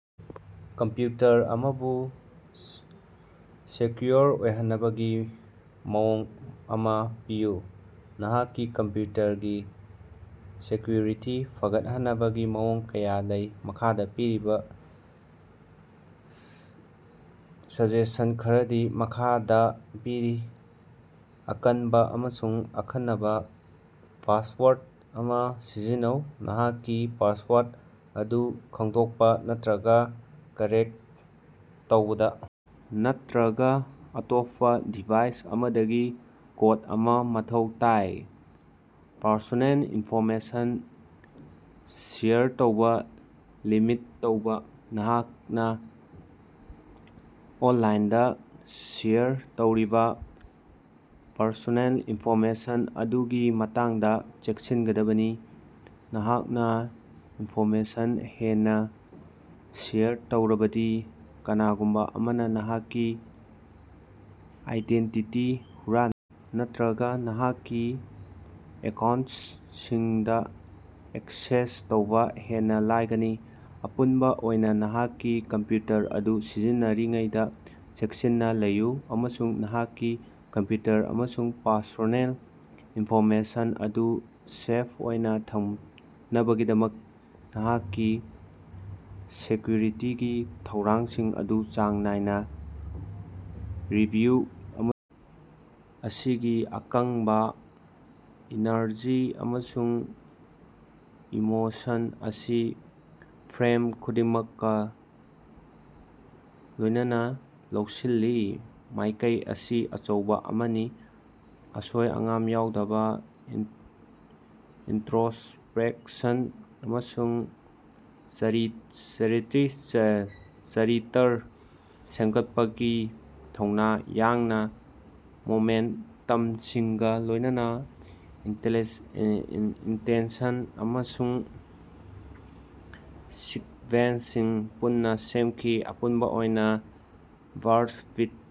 Computer ꯑꯃꯕꯨ secure ꯑꯣꯏꯍꯟꯅꯕꯒꯤ ꯃꯑꯣꯡ ꯑꯃꯥ ꯄꯤꯌꯨ꯫ ꯅꯍꯥꯛꯀꯤ ꯀꯝꯄꯌꯨꯇꯔꯒꯤ ꯁꯦꯛꯌꯨꯔꯤꯇꯤ ꯐꯒꯠꯍꯟꯅꯕꯒꯤ ꯃꯑꯣꯡ ꯀꯌꯥ ꯂꯩ꯫ ꯃꯈꯥꯗꯥ ꯄꯤꯔꯤꯕꯥ ꯁꯖꯦꯁꯟ ꯈꯔꯗꯤ ꯃꯈꯥꯗꯥ ꯄꯤꯔꯤ: ꯑꯀꯟꯕꯥ ꯑꯃꯁꯨꯡ ꯑꯈꯟꯅꯕ ꯄꯥꯁꯋꯥꯔꯗ ꯑꯃꯥ ꯁꯤꯖꯤꯟꯅꯧ: ꯅꯍꯥꯛꯀꯤ ꯄꯥꯁꯋꯥꯔꯗ ꯑꯗꯨ ꯈꯪꯗꯣꯛꯄꯥ ꯅꯠꯇꯔꯒ ꯀ꯭ꯔꯦꯛ ꯇꯧꯕꯗ ꯅꯠꯇꯔꯒꯥ ꯑꯇꯣꯞꯄꯥ ꯗꯤꯚꯥꯏꯁ ꯑꯃꯗꯒꯤ ꯀꯣꯗ ꯑꯃꯥ ꯃꯊꯧ ꯇꯥꯏ꯫ ꯄꯔꯁꯣꯅꯦꯜ ꯏꯟꯐꯣꯔꯃꯦꯁꯟ ꯁꯦꯌꯔ ꯇꯧꯕꯥ ꯂꯤꯃꯤꯠ ꯇꯧꯕꯥ: ꯅꯍꯥꯛꯅꯥ ꯑꯣꯟꯂꯥꯏꯟꯗꯥ ꯁꯦꯌꯔ ꯇꯧꯔꯤꯕ ꯄꯔꯁꯣꯅꯦꯜ ꯏꯟꯐꯣꯔꯃꯦꯁꯟ ꯑꯗꯨꯒꯤ ꯃꯇꯥꯡꯗꯥ ꯆꯦꯛꯁꯤꯟꯒꯗꯕꯅꯤ꯫ ꯅꯍꯥꯛꯅ ꯏꯟꯐꯣꯔꯃꯦꯁꯟ ꯍꯦꯟꯅ ꯁꯦꯌꯔ ꯇꯧꯔꯕꯗꯤ, ꯀꯅꯥꯒꯨꯝꯕ ꯑꯃꯅꯥ ꯅꯍꯥꯛꯀꯤ ꯑꯥꯏꯗꯦꯟꯇꯤꯇꯤ ꯍꯨꯔꯥꯟꯕꯥ ꯅꯠꯇꯔꯒ ꯅꯍꯥꯛꯀꯤ ꯑꯦꯀꯥꯎꯟꯇꯁꯤꯡꯗ ꯑꯦꯛꯁꯦꯁ ꯇꯧꯕ ꯍꯦꯟꯅ ꯂꯥꯏꯒꯅꯤ꯫ ꯑꯄꯨꯟꯕꯥ ꯑꯣꯏꯅꯥ, ꯅꯍꯥꯛꯀꯤ ꯀꯝꯄꯌꯨꯇꯔ ꯑꯗꯨ ꯁꯤꯖꯤꯟꯅꯔꯤꯉꯩꯗ ꯆꯦꯛꯁꯤꯟꯅꯥ ꯂꯩꯌꯨ ꯑꯃꯁꯨꯡ ꯅꯍꯥꯛꯀꯤ ꯀꯝꯄꯌꯨꯇꯔ ꯑꯃꯁꯨꯡ ꯄꯔꯁꯣꯅꯦꯜ ꯏꯟꯐꯣꯔꯃꯦꯁꯟ ꯑꯗꯨ ꯁꯦꯐ ꯑꯣꯏꯅ ꯊꯝꯅꯕꯒꯤꯗꯃꯛ ꯅꯍꯥꯛꯀꯤ ꯁꯦꯛꯌꯨꯔꯤꯇꯤꯒꯤ ꯊꯧꯔꯥꯡꯁꯤꯡ ꯑꯗꯨ ꯆꯥꯡ ꯅꯥꯏꯅꯥ ꯔꯤꯚꯤꯌꯨ ꯑꯃꯁꯨꯡ ꯑꯁꯤꯒꯤ ꯑꯀꯪꯕꯥ ꯏꯅꯔꯖꯤ ꯑꯃꯁꯨꯡ ꯏꯃꯣꯁꯟ ꯑꯁꯤ ꯐ꯭ꯔꯦꯝ ꯈꯨꯗꯤꯡꯃꯛꯀꯥ ꯂꯣꯏꯅꯅꯥ ꯂꯧꯁꯤꯜꯂꯤ꯫ ꯃꯥꯏꯀꯩ ꯑꯁꯤ ꯑꯆꯧꯕꯥ ꯑꯃꯅꯤ, ꯑꯁꯣꯏ-ꯑꯉꯥꯝ ꯌꯥꯎꯗꯅ ꯏꯟꯇꯔꯣꯁ꯭ꯄꯦꯛꯁꯟ ꯑꯃꯁꯨꯡ ꯆꯔꯤꯇꯔ ꯁꯦꯝꯒꯠꯄꯒꯤ ꯊꯨꯅꯥ ꯌꯥꯡꯅꯥ ꯃꯣꯃꯦꯟꯇꯝꯁꯤꯡꯒ ꯂꯣꯏꯅꯅꯥ ꯏꯟꯇꯦꯟꯁꯟ ꯑꯦꯛꯁꯟ ꯁꯤꯛꯕꯦꯟꯁꯁꯤꯡ ꯄꯨꯟꯅ ꯁꯦꯝꯈꯤ꯫ ꯑꯄꯨꯟꯕ ꯑꯣꯏꯅ ꯕ꯭ꯔꯗ ꯄꯤꯠꯀꯤ